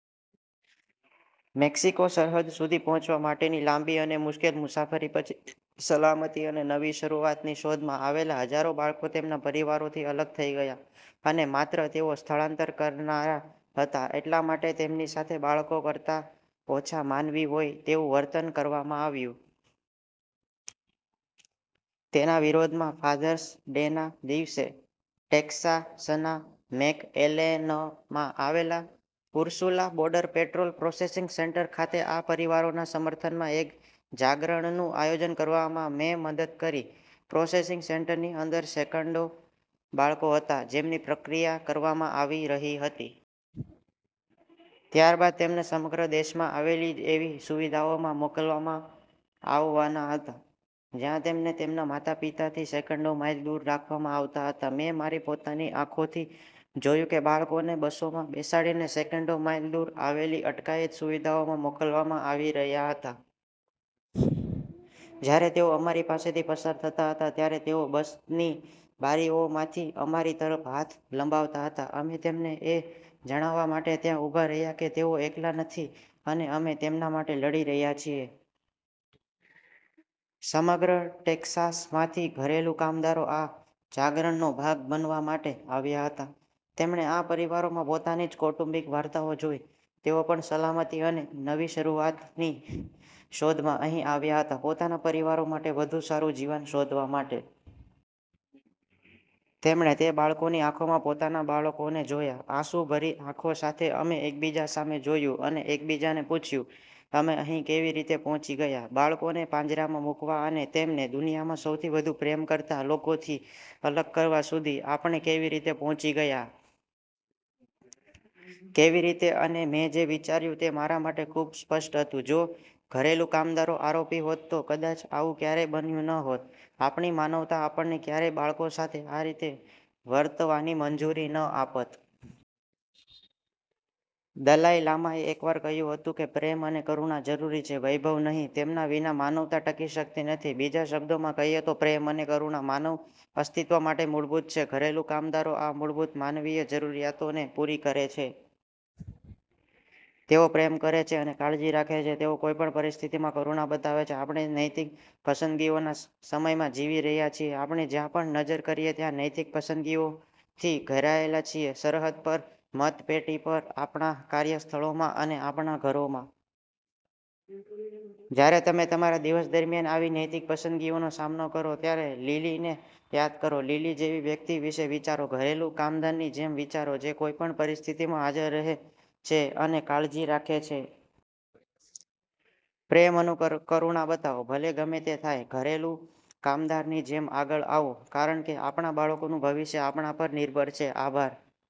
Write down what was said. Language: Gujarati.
મેક્સિકો સરહદ સુધી પહોંચવા માટેની લાંબી અને મુશ્કેલ મુસાફરી પછી, સલામતી અને નવી શરૂઆતની શોધમાં આવેલા હજારો બાળકો તેમના પરિવારોથી અલગ થઈ ગયા. અને માત્ર તેઓ સ્થળાંતર કરનારા હતા એટલા માટે તેમની સાથે બાળકો કરતાં ઓછા માનવી હોય તેવું વર્તન કરવામાં આવ્યું. તેના વિરોધમાં, ફાધર્સ ડેના દિવસે ટેક્સાસના મેકએલેનમાં આવેલા Ursula border patrol processing centre ખાતે આ પરિવારોના સમર્થનમાં એક જાગરણનું આયોજન કરવામાં મેં મદદ કરી. તે પ્રોસેસિંગ સેન્ટરની અંદર સેંકડો બાળકો હતા, જેમની પ્રક્રિયા કરવામાં આવી રહી હતી. ત્યારબાદ તેમને સમગ્ર દેશમાં આવેલી એવી સુવિધાઓમાં મોકલવામાં આવવાના હતા, જ્યાં તેમને તેમના માતા-પિતાથી સેંકડો માઇલ દૂર રાખવામાં આવતા હતા. મેં મારી પોતાની આંખોથી જોયું કે બાળકોને બસોમાં બેસાડીને સેંકડો માઇલ દૂર આવેલી અટકાયત સુવિધાઓમાં મોકલવામાં આવી રહ્યા હતા. જ્યારે તેઓ અમારી પાસેથી પસાર થતા હતા, ત્યારે તેઓ બસની બારીઓમાંથી અમારી તરફ હાથ લંબાવતા હતા. અમે તેમને એ જણાવવા માટે ત્યાં ઊભા રહ્યા કે તેઓ એકલા નથી અને અમે તેમના માટે લડી રહ્યા છીએ. સમગ્ર ટેક્સાસમાંથી ઘરેલું કામદારો આ જાગરણનો ભાગ બનવા માટે આવ્યા હતા. તેમણે આ પરિવારોમાં પોતાની જ કૌટુંબિક વાર્તાઓ જોઈ. તેઓ પણ સલામતી અને નવી શરૂઆતની શોધમાં અહીં આવ્યા હતા, પોતાના પરિવારો માટે વધુ સારું જીવન શોધવા માટે. તેમણે તે બાળકોની આંખોમાં પોતાના બાળકોને જોયા. આંસુભરી આંખો સાથે અમે એકબીજા સામે જોયું અને એકબીજાને પૂછ્યું, “અમે અહીં કેવી રીતે પહોંચી ગયા? બાળકોને પાંજરામાં મૂકવા અને તેમને દુનિયામાં સૌથી વધુ પ્રેમ કરતા લોકોથી અલગ કરવા સુધી આપણે કેવી રીતે પહોંચી ગયા?” કેવી રીતે? અને મેં જે વિચાર્યું તે મારા માટે ખૂબ સ્પષ્ટ હતું: જો ઘરેલું કામદારો આરોપી હોત, તો કદાચ આવું ક્યારેય બન્યું ન હોત. આપણી માનવતા આપણને ક્યારેય બાળકો સાથે આ રીતે વર્તવાની મંજૂરી ન આપત. દલાઈ લામાએ એકવાર કહ્યું હતું કે પ્રેમ અને કરુણા જરૂરી છે, વૈભવ નહીં. તેમના વિના માનવતા ટકી શકતી નથી. બીજા શબ્દોમાં કહીએ તો, પ્રેમ અને કરુણા માનવ અસ્તિત્વ માટે મૂળભૂત છે. ઘરેલું કામદારો આ મૂળભૂત માનવીય જરૂરિયાતોને પૂરી કરે છે. તેઓ પ્રેમ કરે છે અને કાળજી રાખે છે. તેઓ કોઈપણ પરિસ્થિતિમાં કરુણા બતાવે છે. આપણે નૈતિક પસંદગીઓના સમયમાં જીવી રહ્યા છીએ. આપણે જ્યાં પણ નજર કરીએ ત્યાં નૈતિક પસંદગીઓથી ઘેરાયેલા છીએ—સરહદ પર, મતપેટી પર, આપણા કાર્યસ્થળોમાં અને આપણા ઘરોમાં. જ્યારે તમે તમારા દિવસ દરમિયાન આવી નૈતિક પસંદગીઓનો સામનો કરો, ત્યારે લિલીને યાદ કરો. લિલી જેવી વ્યક્તિ વિશે વિચારો. ઘરેલું કામદારની જેમ વિચારો, જે કોઈપણ પરિસ્થિતિમાં હાજર રહે છે અને કાળજી રાખે છે. પ્રેમ અને કરુણા બતાવો, ભલે ગમે તે થાય. ઘરેલું કામદારની જેમ આગળ આવો, કારણ કે આપણા બાળકોનું ભવિષ્ય આપણા પર નિર્ભર છે. આભાર.